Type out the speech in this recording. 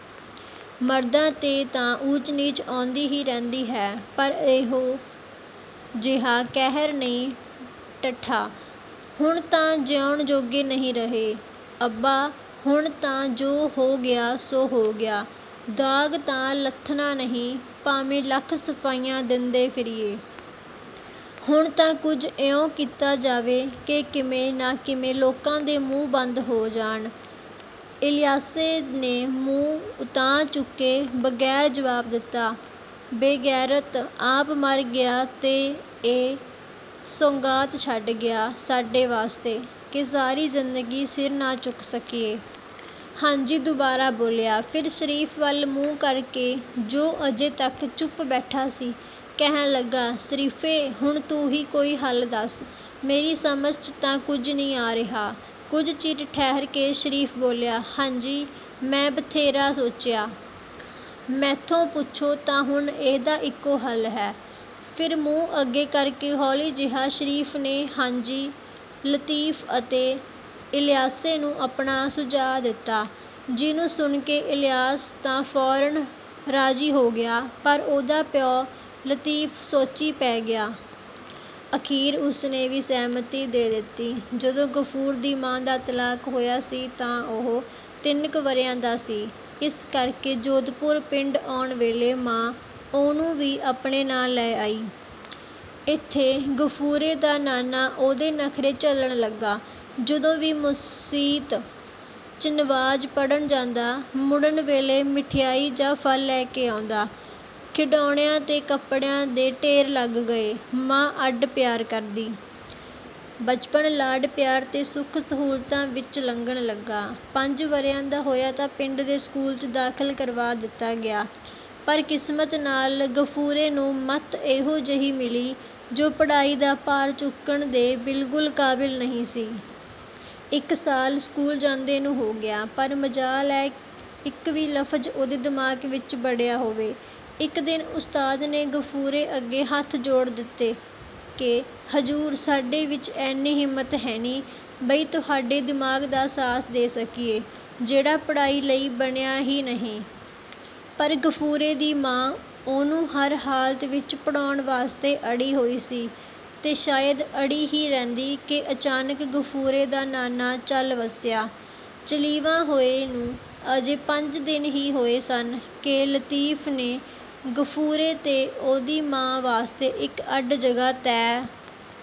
ਮਰਦਾਂ 'ਤੇ ਤਾਂ ਊਚ-ਨੀਚ ਆਉਂਦੀ ਹੀ ਰਹਿੰਦੀ ਐ, ਪਰ ਐਹੋ ਜਿਹਾ ਕਹਿਰ ਨਹੀਂ ਢੱਠਾ। ਹੁਣ ਤਾਂ ਜਿਉਣ-ਜੋਗੇ ਨਹੀਂ ਰਹੇ। "ਅੱਬਾ, ਹੁਣ ਤਾਂ ਜੋ ਹੋ ਗਿਆ, ਸੋ ਹੋ ਗਿਆ। ਦਾਗ ਤਾਂ ਲੱਥਣਾ ਨਹੀਂ, ਭਾਵੇਂ ਲੱਖ ਸਫ਼ਾਈਆਂ ਦਿੰਦੇ ਫਿਰੀਏ। ਹੁਣ ਤਾਂ ਕੁਝ ਇਉਂ ਕੀਤਾ ਜਾਵੇ ਕਿ ਕਿਵੇਂ ਨਾ ਕਿਵੇਂ ਲੋਕਾਂ ਦੇ ਮੂੰਹ ਬੰਦ ਹੋ ਜਾਣ।" ਇਲਿਆਸੇ ਨੇ ਮੂੰਹ ਉਤਾਂਹ ਚੁੱਕੇ ਬਗੈਰ ਜਵਾਬ ਦਿੱਤਾ। "ਬੇਗੈਰਤ, ਆਪ ਮਰ ਗਿਆ ਤੇ ਇਹ ਸੌਗਾਤ ਛੱਡ ਗਿਆ ਸਾਡੇ ਵਾਸਤੇ, ਕਿ ਸਾਰੀ ਜ਼ਿੰਦਗੀ ਸਿਰ ਨਾ ਚੁੱਕ ਸਕੀਏ।" ਹਾਜੀ ਦੁਬਾਰਾ ਬੋਲਿਆ। ਫਿਰ ਸ਼ਰੀਫ ਵੱਲ ਮੂੰਹ ਕਰ ਕੇ, ਜੋ ਅਜੇ ਤੱਕ ਚੁੱਪ ਬੈਠਾ ਸੀ, ਕਹਿਣ ਲੱਗਾ, "ਸ਼ਰੀਫੇ, ਹੁਣ ਤੂੰ ਹੀ ਕੋਈ ਹੱਲ ਦੱਸ। ਮੇਰੀ ਸਮਝ 'ਚ ਤਾਂ ਕੁਝ ਨਹੀਂ ਆ ਰਿਹਾ।" ਕੁਝ ਚਿਰ ਠਹਿਰ ਕੇ ਸ਼ਰੀਫ ਬੋਲਿਆ, "ਹਾਜੀ, ਮੈਂ ਬਥੇਰਾ ਸੋਚਿਆ। ਮੈਥੋਂ ਪੁੱਛੋ ਤਾਂ ਹੁਣ ਇਹਦਾ ਇੱਕੋ ਹੱਲ ਹੈ।" ਫਿਰ ਮੂੰਹ ਅੱਗੇ ਕਰ ਕੇ ਹੌਲੀ ਜਿਹੇ ਸ਼ਰੀਫ ਨੇ ਹਾਜੀ, ਲਤੀਫ ਅਤੇ ਇਲਿਆਸੇ ਨੂੰ ਆਪਣਾ ਸੁਝਾਅ ਦਿੱਤਾ, ਜਿਹਨੂੰ ਸੁਣ ਕੇ ਇਲਿਆਸ ਤਾਂ ਫੌਰਨ ਰਾਜ਼ੀ ਹੋ ਗਿਆ, ਪਰ ਉਹਦਾ ਪਿਓ ਲਤੀਫ ਸੋਚੀਂ ਪੈ ਗਿਆ। ਅਖੀਰ ਉਸ ਨੇ ਵੀ ਸਹਿਮਤੀ ਦੇ ਦਿੱਤੀ। ਜਦੋਂ ਗਫੂਰ ਦੀ ਮਾਂ ਦਾ ਤਲਾਕ ਹੋਇਆ ਸੀ ਤਾਂ ਉਹ ਤਿੰਨ ਕੁ ਵਰ੍ਹਿਆਂ ਦਾ ਸੀ। ਇਸ ਕਰ ਕੇ ਜੋਧਪੁਰ ਪਿੰਡ ਆਉਣ ਵੇਲੇ ਮਾਂ ਉਹਨੂੰ ਵੀ ਆਪਣੇ ਨਾਲ ਲੈ ਆਈ। ਏਥੇ ਗਫੂਰੇ ਦਾ ਨਾਨਾ ਉਹਦੇ ਨਖਰੇ ਝੱਲਣ ਲੱਗਾ। ਜਦੋਂ ਵੀ ਮਸੀਤ 'ਚ ਨਮਾਜ਼ ਪੜ੍ਹਨ ਜਾਂਦਾ, ਮੁੜਨ ਵੇਲੇ ਮਠਿਆਈ ਜਾਂ ਫਲ ਲੈ ਕੇ ਆਉਂਦਾ। ਖਿਡਾਉਣਿਆਂ ਤੇ ਕੱਪੜਿਆਂ ਦੇ ਢੇਰ ਲੱਗ ਗਏ। ਮਾਂ ਅੱਡ ਪਿਆਰ ਕਰਦੀ। ਬਚਪਨ ਲਾਡ-ਪਿਆਰ ਤੇ ਸੁਖ-ਸਹੂਲਤਾਂ ਵਿਚ ਲੰਘਣ ਲੱਗਾ। ਪੰਜ ਵਰ੍ਹਿਆਂ ਦਾ ਹੋਇਆ ਤਾਂ ਪਿੰਡ ਦੇ ਸਕੂਲ 'ਚ ਦਾਖਲ ਕਰਵਾ ਦਿੱਤਾ ਗਿਆ, ਪਰ ਕਿਸਮਤ ਨਾਲ ਗਫੂਰੇ ਨੂੰ ਮੱਤ ਇਹੋ ਜਿਹੀ ਮਿਲੀ, ਜੋ ਪੜ੍ਹਾਈ ਦਾ ਭਾਰ ਚੁੱਕਣ ਦੇ ਬਿਲਕੁਲ ਕਾਬਿਲ ਨਹੀਂ ਸੀ। ਇੱਕ ਸਾਲ ਸਕੂਲ ਜਾਂਦੇ ਨੂੰ ਹੋ ਗਿਆ, ਪਰ ਮਜਾਲ ਐ, ਇੱਕ ਵੀ ਲਫ਼ਜ਼ ਉਹਦੇ ਦਿਮਾਗ ਵਿਚ ਵੜਿਆ ਹੋਵੇ। ਇੱਕ ਦਿਨ ਉਸਤਾਦ ਨੇ ਗਫੂਰੇ ਅੱਗੇ ਹੱਥ ਜੋੜ ਦਿੱਤੇ ਕਿ, "ਹਜ਼ੂਰ, ਸਾਡੇ ਵਿਚ ਐਨੀ ਹਿੰਮਤ ਹੈਨੀ, ਬਈ ਤੁਹਾਡੇ ਦਿਮਾਗ ਦਾ ਸਾਥ ਦੇ ਸਕੀਏ, ਜਿਹੜਾ ਪੜ੍ਹਾਈ ਲਈ ਬਣਿਆ ਹੀ ਨਹੀਂ।" ਪਰ ਗਫੂਰੇ ਦੀ ਮਾਂ ਉਹਨੂੰ ਹਰ ਹਾਲਤ ਵਿਚ ਪੜ੍ਹਾਉਣ ਵਾਸਤੇ ਅੜੀ ਹੋਈ ਸੀ ਤੇ ਸ਼ਾਇਦ ਅੜੀ ਹੀ ਰਹਿੰਦੀ ਕਿ ਅਚਾਨਕ ਗਫੂਰੇ ਦਾ ਨਾਨਾ ਚੱਲ ਵਸਿਆ। ਚਾਲ੍ਹੀਵਾਂ ਹੋਏ ਨੂੰ ਅਜੇ ਪੰਜ ਦਿਨ ਹੀ ਹੋਏ ਸਨ ਕਿ ਲਤੀਫ ਨੇ ਗਫੂਰੇ ਤੇ ਉਹਦੀ ਮਾਂ ਵਾਸਤੇ ਇੱਕ ਅੱਡ ਜਗ੍ਹਾ ਤੈਅ...